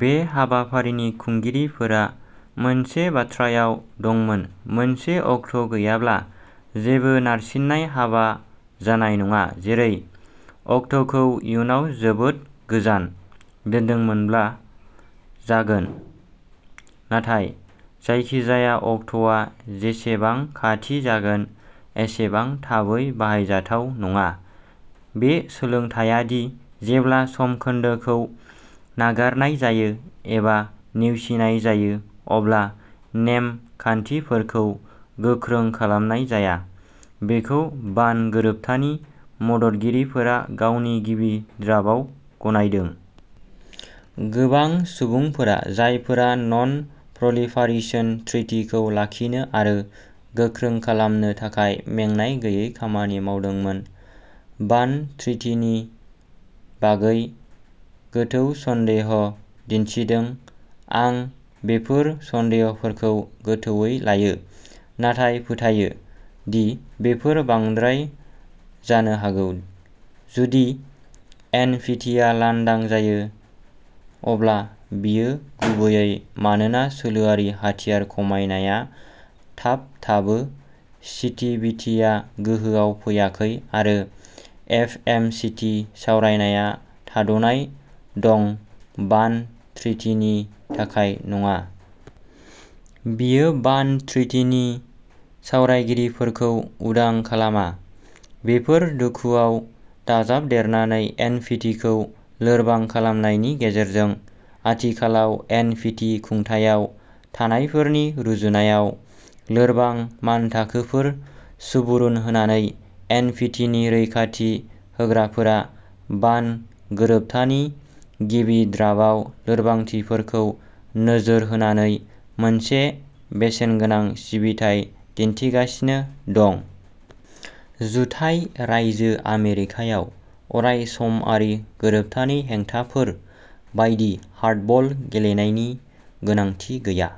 बे हाबाफारिनि खुंगिरिफोरा मोनसे बाथ्रायाव दंमोनः मोनसे अक्ट'गैयाब्ला, जेबो नारसिननाय हाबा जानाय नङा, जेरै अक्ट'खौ इयुनाव जोबोद गोजान दोन्दोंमोनब्ला जागोन। नाथाय जायखिजाया अक्ट'आ जेसेबां खाथि जागोन एसेबां थाबै बाहायजाथाव नङा। बे सोलोंथाया दि जेब्ला समखोन्दोखौ नागारनाय जायो एबा नेवसिनाय जायो अब्ला नेमखान्थिफोरखौ गोख्रों खालामनाय जाया, बेखौ बान गोरोबथानि मददगिरिफोरा गावनि गिबि ड्राफ्टआव गनायदों। गोबां सुबुंफोरा जायफोरा ननप्रलिफारेशन ट्रिटीखौ लाखिनो आरो गोख्रों खालामनो थाखाय मेंनाय गैयै खामानि मावदोंमोन, बान ट्रिटीनि बागै गोथौ सन्देह'दिन्थिदों। आं बेफोर सन्देह'फोरखौ गोथौवै लायो, नाथाय फोथायो दि बेफोर बांद्राय जानो हागौ। जुदि एनपीटीआ लांदां जायो, अब्ला बेयो गुबैयै मानोना सोलोआरि हाथियार खमायनाया थाबथाबो, सीटीबीटीआ गोहोआव फैयाखै, आरो एफएमसीटी सावरायनाया थाद'नाय दं-बान ट्रिटीनि थाखाय नङा। बेयो बान ट्रिटीनि सावरायगिरिफोरखौ उदां खालामा। बेफोर दुखुआव दाजाबदेरनानै एनपिटिखौ लोरबां खालामनायनि गेजेरजों आथिखालाव एनपिटि खुंथायाव थानायफोरनि रुजुनायाव लोरबां मानथाखोफोर सुबुरुन होनानै। एनपिटिनि रैखाथि होग्राफोरा बान गोरोबथानि गिबि ड्राफ्टआव लोरबांथिफोरखौ नोजोर होनानै मोनसे बेसेनगोनां सिबिथाइ दिन्थिगासिनो दं। जुथाइ रायजो आमेरिकायाव अरायसमारि गोरोबथानि हेंथाफोर बायदि हार्डबल गेलेनायनि गोनांथि गैया,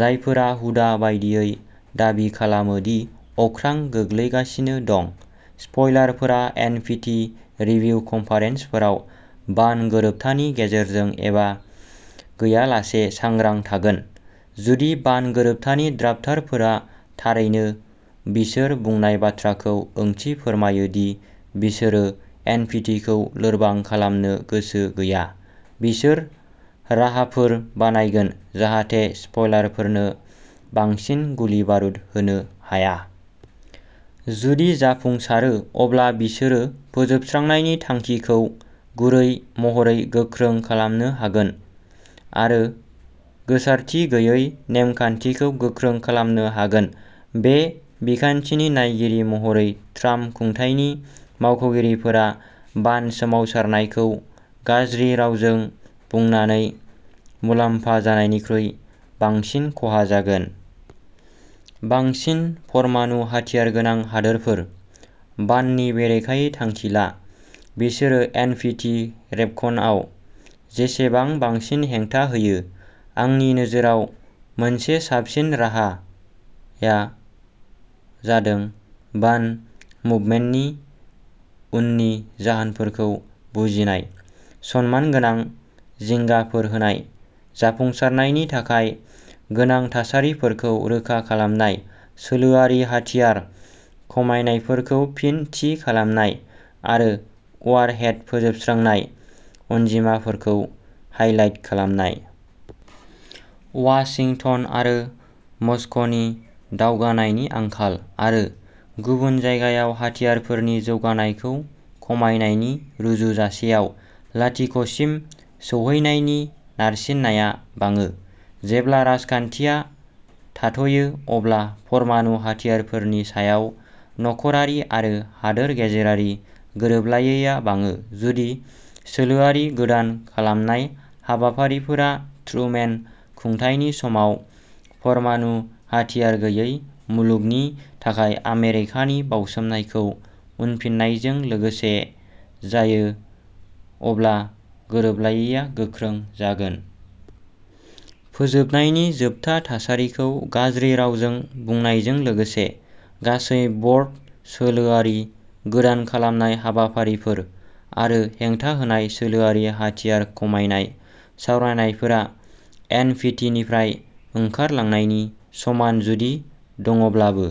जायफोरा हुदा बायदियै दाबि खालामो दि अख्रां गोग्लैगासिनो दं। स्पइलारफोरा एनपिटि रिभिउ कन्फेरेन्सफोराव बान गोरोबथानि गेजेरजों एबा गैयालासे सांग्रां थागोन। जुदि बान गोरोबथानि ड्राफ्टारफोरा थारैनो बिसोर बुंनाय बाथ्राखौ ओंथि फोरमायो-दि बिसोरो एनपिटिखौ लोरबां खालामनो गोसो गैया-बिसोर राहाफोर बानायगोन जाहाथे स्पइलारफोरनो बांसिन गुलि-बारुद होनो हाया। जुदि जाफुंसारो, अब्ला बिसोरो फोजोबस्रांनायनि थांखिखौ गुरै महरै गोख्रों खालामनो हागोन आरो गोसारथि गैयै नेमखान्थिखौ गोख्रों खालामनो हागोन। बे बिखान्थिनि नायगिरि महरै, ट्राम्प खुंथायनि मावख'गिरिफोरा बान सोमावसारनायखौ गाज्रि रावजों बुंनानै मुलाम्फा जानायनिख्रुइ बांसिन खहा जागोन। बांसिन परमाणु-हाथियार गोनां हादोरफोर। बाननि बेरेखायै थांखि ला, बिसोरो एन. पि. टि. रेभकनआव जेसेबां बांसिन हेंथा होयो। आंनि नोजोराव, मोनसे साबसिन राहाआ जादों बान मुभमेन्टनि उननि जाहोनफोरखौ बुजिनाय, सनमानगोनां जिंगाफोर होनाय, जाफुंसारनायनि थाखाय गोनां थासारिफोरखौ रोखा खालामनाय, सोलोआरि-हाथियार खमायनायफोरखौ फिन थि खालामनाय, आरो वारहेड फोजोबस्रांनाय अनजिमाफोरखौ हाइलाइट खालामनाय। वाशिंटन आरो मस्क'नि दावगानायनि आंखाल आरो गुबुन जायगायाव हाथियारफोरनि जौगानायखौ खमायनायनि रुजुजासेआव लाथिख'सिम सौहैनायनि नारसिननाया बाङो। जेब्ला राजखानथिआ थाथ'यो, अब्ला परमाणु हाथियारफोरनि सायाव नखरारि आरो हादोर गेजेरारि गोरोबलायैया बाङो। जुदि सोलोआरि गोदान खालामनाय हाबाफारिफोरा ट्रुमेन खुंथायनि समाव परमाणु हाथियार गैयै मुलुगनि थाखाय आमेरिकानि बाउसोमनायखौ उनफिननायजों लोगोसे जायो, अब्ला गोरोबलायैया गोख्रों जागोन। फोजोबनायनि जोबथा थासारिखौ गाज्रि रावजों बुंनायजों लोगोसे गासै-बर्ड सोलोआरि गोदान खालामनाय हाबाफारिफोर आरो हेंथाहोनाय सोलोआरि हाथियार खमायनाय सावरायनायफोरा एन. पि. टि. निफ्राय ओंखारलांनायनि समान-जुदि दङब्लाबो।